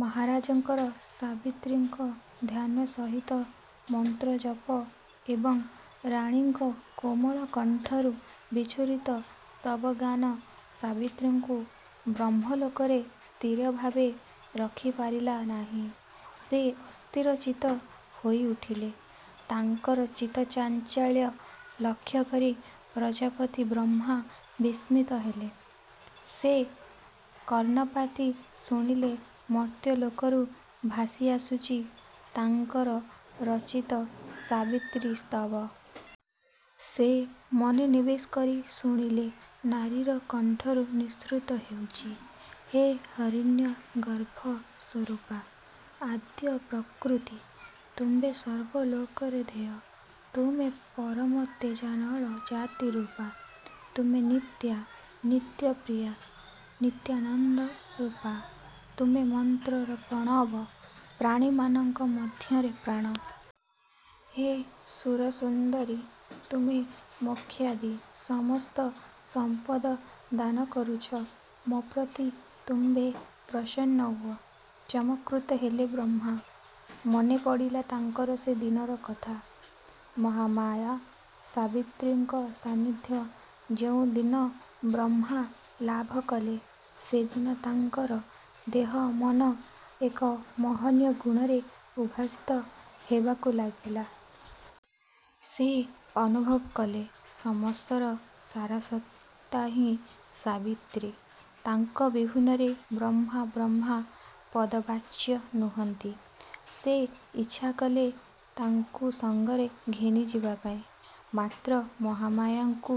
ମହାରାଜାଙ୍କର ସାବିତ୍ରୀଙ୍କ ଧ୍ୟାନ ସହିତ ମନ୍ତ୍ରଜପ ଏବଂ ରାଣୀଙ୍କ କୋମଳ କଣ୍ଠରୁ ବିଛୁରିତ ସ୍ତବଗାନ ସାବିତ୍ରୀଙ୍କୁ ବ୍ରହ୍ମଲୋକରେ ସ୍ଥିର ଭାବେ ରଖିପାରିଲା ନାହିଁ। ସେ ଅସ୍ଥିରଚିତ୍ତ ହୋଇଉଠିଲେ। ତାଙ୍କର ଚିତ୍ତ ଚାଞ୍ଚଲ୍ୟ ଲକ୍ଷ୍ୟ କରି ପ୍ରଜାପତି ବ୍ରହ୍ମା ବିସ୍ମିତ ହେଲେ। ସେ। କର୍ଣ୍ଣପାତି ଶୁଣିଲେ ମର୍ତ୍ତ୍ୟ ଲୋକରୁ ଭାଷି ଆସୁଛି ତାଙ୍କର ରଚିତ ସାବିତ୍ରୀ ସ୍ତବ। ସେ ମନୋନିବେଶ କରି ଶୁଣିଲେ ନାରୀ କଣ୍ଠରୁ ନିସୃତ ହେଉଛି-ହେ ହରିଣ୍ୟ ଗର୍ଭ ସ୍ୱ-ରୂପା, ଆଦ୍ୟ ପ୍ରକୃତି ତୁମ୍ଭେ ସର୍ବଲୋକର ଧେୟା। ତୁମେ ପରମ ତେଜାନଳ ଜାତି ରୂପା। ତୁମେ ନିତ୍ୟା, ନିତ୍ୟ ପ୍ରିୟ। ନିତ୍ୟାନନ୍ଦ ରୂପା। ତୁମେ ମନ୍ତ୍ରର ପ୍ରଣବ ପ୍ରାଣୀମାନଙ୍କ ମଧ୍ୟରେ ପ୍ରାଣ। ହେ ସୁର-ସୁନ୍ଦରି ତୁମେ ମୋକ୍ଷାଦି ସମସ୍ତ ସମ୍ପଦ ଦାନ କରୁଛ, ମୋ ପ୍ରତି ତୁମ୍ଭେ ପ୍ରସନ୍ନ ହୁଅ। ଚମତ୍କୃତ ହେଲେ ବ୍ରହ୍ମା। ମନେପଡ଼ିଲା ତାଙ୍କର ସେ ଦିନର କଥା। ମହାମାୟା ସାବିତ୍ରୀଙ୍କ ସାନ୍ନିଧ୍ୟ ଯେଉଁ ଦିନ ବ୍ରହ୍ମା ଲାଭ କଲେ ସେ ଦିନ ତାଙ୍କର ଦେହ ମନ ଏକ ମହନୀୟ ଗୁଣରେ ଉଦ୍ଭାଷିତ ହେବାକୁ ଲାଗିଲା। ସେ ଅନୁଭବ କଲେ ସମସ୍ତର ସାରସତ୍ତାହିଁ 'ସାବିତ୍ରୀ'। ତାଙ୍କ ବିହୁନରେ ବ୍ରହ୍ମା ବ୍ରହ୍ମ ପଦବାଚ୍ୟ ନୁହନ୍ତି। ସେ ଇଚ୍ଛା କଲେ ତାଙ୍କୁ ସଙ୍ଗରେ ଘେନିଯିବା ପାଇଁ-। ମାତ୍ର ମହାମାୟାଙ୍କୁ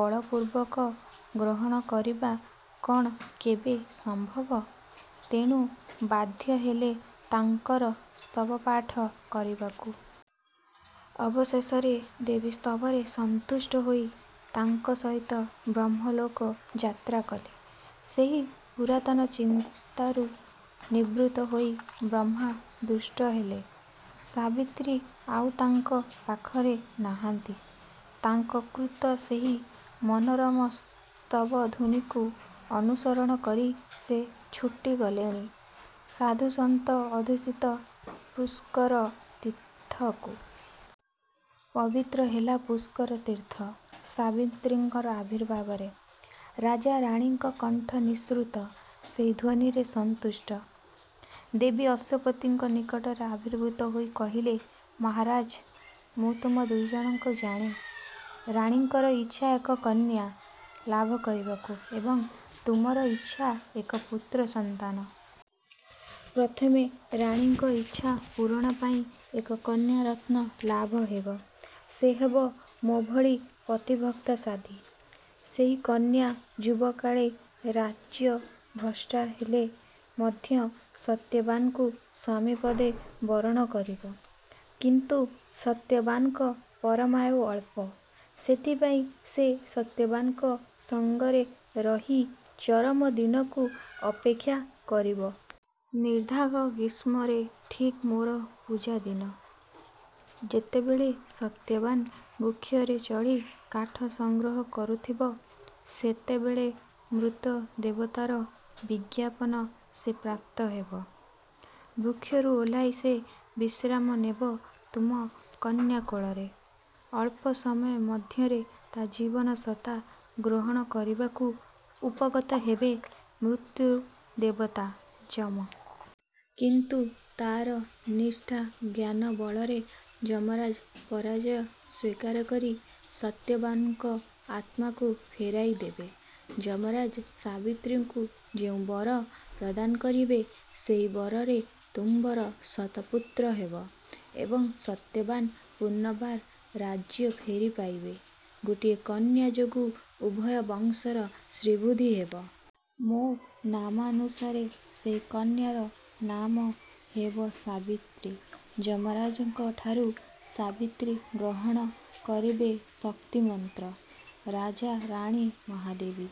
ବଳପୂର୍ବକ ଗ୍ରହଣ କରିବା କଣ କେବେ ସମ୍ଭବ! ତେଣୁ ବାଧ୍ୟ ହେଲେ ତାଙ୍କର ସ୍ତବ ପାଠ କରିବାକୁ। ଅବଶେଷରେ ଦେବୀ ସ୍ତବରେ ସନ୍ତୁଷ୍ଟ ହୋଇ ତାଙ୍କ ସହିତ ବ୍ରହ୍ମଲୋକ ଯାତ୍ରା କଲେ। ସେହି ପୁରାତନ ଚିନ୍ତାରୁ ନିବୃତ ହୋଇ ବ୍ରହ୍ମା ଦୃଷ୍ଟ ହେଲେ ସାବିତ୍ରୀ ଆଉ ତାଙ୍କ ପାଖରେ ନାହାନ୍ତି। ତାଙ୍କ କୃତ ସେହି ମନୋରମ ସ୍ତବ ଧ୍ୱନୀକୁ ଅନୁସରଣ କରି ସେ ଛୁଟି ଗଲେଣି ସାଧୁସନ୍ଥ ଅଧ୍ୟୁସିତ ପୁଷ୍କର ତୀର୍ଥକୁ। ପବିତ୍ର ହେଲା ପୁଷ୍କର ତୀର୍ଥ ସାବିତ୍ରୀଙ୍କ ଆବିର୍ଭାବରେ। ରାଜା ରାଣୀଙ୍କ କଣ୍ଠ ନିସୃତ ସେହି ଧ୍ୱନୀରେ ସନ୍ତୁଷ୍ଟ। ଦେବୀ ଅଶ୍ୱପତିଙ୍କ ନିକଟରେ ଆବିର୍ଭୁତ ହୋଇ କହିଲେ-ମହାରାଜ! ମୁଁ ତୁମ ଦୁଇଜଣଙ୍କ ଜାଣେ। ରାଣୀଙ୍କର ଇଚ୍ଛା ଏକ କନ୍ୟା ଲାଭ କରିବାକୁ ଏବଂ ତୁମର ଇଚ୍ଛା ଏକ ପୁତ୍ର ସନ୍ତାନ। ପ୍ରଥମେ ରାଣୀଙ୍କ ଇଚ୍ଛା ପୂରଣ ପାଇଁ ଏକ କନ୍ୟାରତ୍ନ ଲାଭ ହେବ। ସେ ହେବ ମୋ ଭଳି ପତିଭକ୍ତା ସାଧ୍ୱୀ। ସେହି କନ୍ୟା ଯୁବାକାଳେ ରାଜ୍ୟଭ୍ରଷ୍ଟା ହେଲେ ମଧ୍ୟ ସତ୍ୟବାନଙ୍କୁ ସ୍ୱାମୀ ପଦେ ବରଣ କରିବ। କିନ୍ତୁ ସତ୍ୟବାନଙ୍କ ପରମାୟୁ ଅଳ୍ପ। ସେଥିପାଇଁ ସେ ସତ୍ୟବାନଙ୍କ ସଙ୍ଗରେ ରହି ଚରମ ଦିନକୁ ଅପେକ୍ଷା କରିବ। ନିଦାଘ ଗ୍ରୀଷ୍ମରେ ଠିକ୍ ମୋର ପୂଜା ଦିନ ଯେତେବେଳେ ସତ୍ୟବାନ ବୃକ୍ଷରେ ଚଢ଼ି କାଠ ସଂଗ୍ରହ କରୁଥିବ ସେତେବେଳେ ମୃତ୍ୟୁ ଦେବତାର ବିଜ୍ଞାପନ ସେ ପ୍ରାପ୍ତ ହେବ-। ବୃକ୍ଷରୁ ଓହ୍ଲାଇ ସେ ବିଶ୍ରାମ ନେବ ତୁମ କନ୍ୟା କୋଳରେ। ଅଳ୍ପ ସମୟ ମଧ୍ୟରେ ତା ଜୀବନସତ୍ତା ଗ୍ରହଣ କରିବାକୁ ଉପଗତ ହେବ ମୃତ୍ୟୁ ଦେବତା ଯମ। କିନ୍ତୁ ତାର ନିଷ୍ଠା ଜ୍ଞାନ ବଳରେ ଯମରାଜ ପରାଜୟ ସ୍ୱୀକାର କରି ସତ୍ୟବାନଙ୍କ ଆତ୍ମାକୁ ଫେରାଇଦେବ। ଯମରାଜ ସାବିତ୍ରୀଙ୍କୁ ଯେଉଁ ବର ପ୍ରଦାନ କରିବେ ସେହି ବରରେ ତୁମ୍ଭର ଶତପୁତ୍ର ହେବେ ଏବଂ ସତ୍ୟବାନ୍ ପୁନର୍ବାର ରାଜ୍ୟ ଫେରି ପାଇବେ। ଗୋଟିଏ କନ୍ୟା ଯୋଗୁ ଉଭୟ ବଂଶର ଶ୍ରୀବୁଦ୍ଧି ହେବ। ମୋ ନାମାନୁସାରେ ସେହି କନ୍ୟାର ନାମ ହେବ ସାବିତ୍ରୀ। ଯମରାଜଙ୍କ ଠାରୁ ସାବିତ୍ରୀଗ୍ରହଣ କରିବେ ଶକ୍ତିମନ୍ତ୍ର। ରାଜା ରାଣୀ ମହାଦେବୀ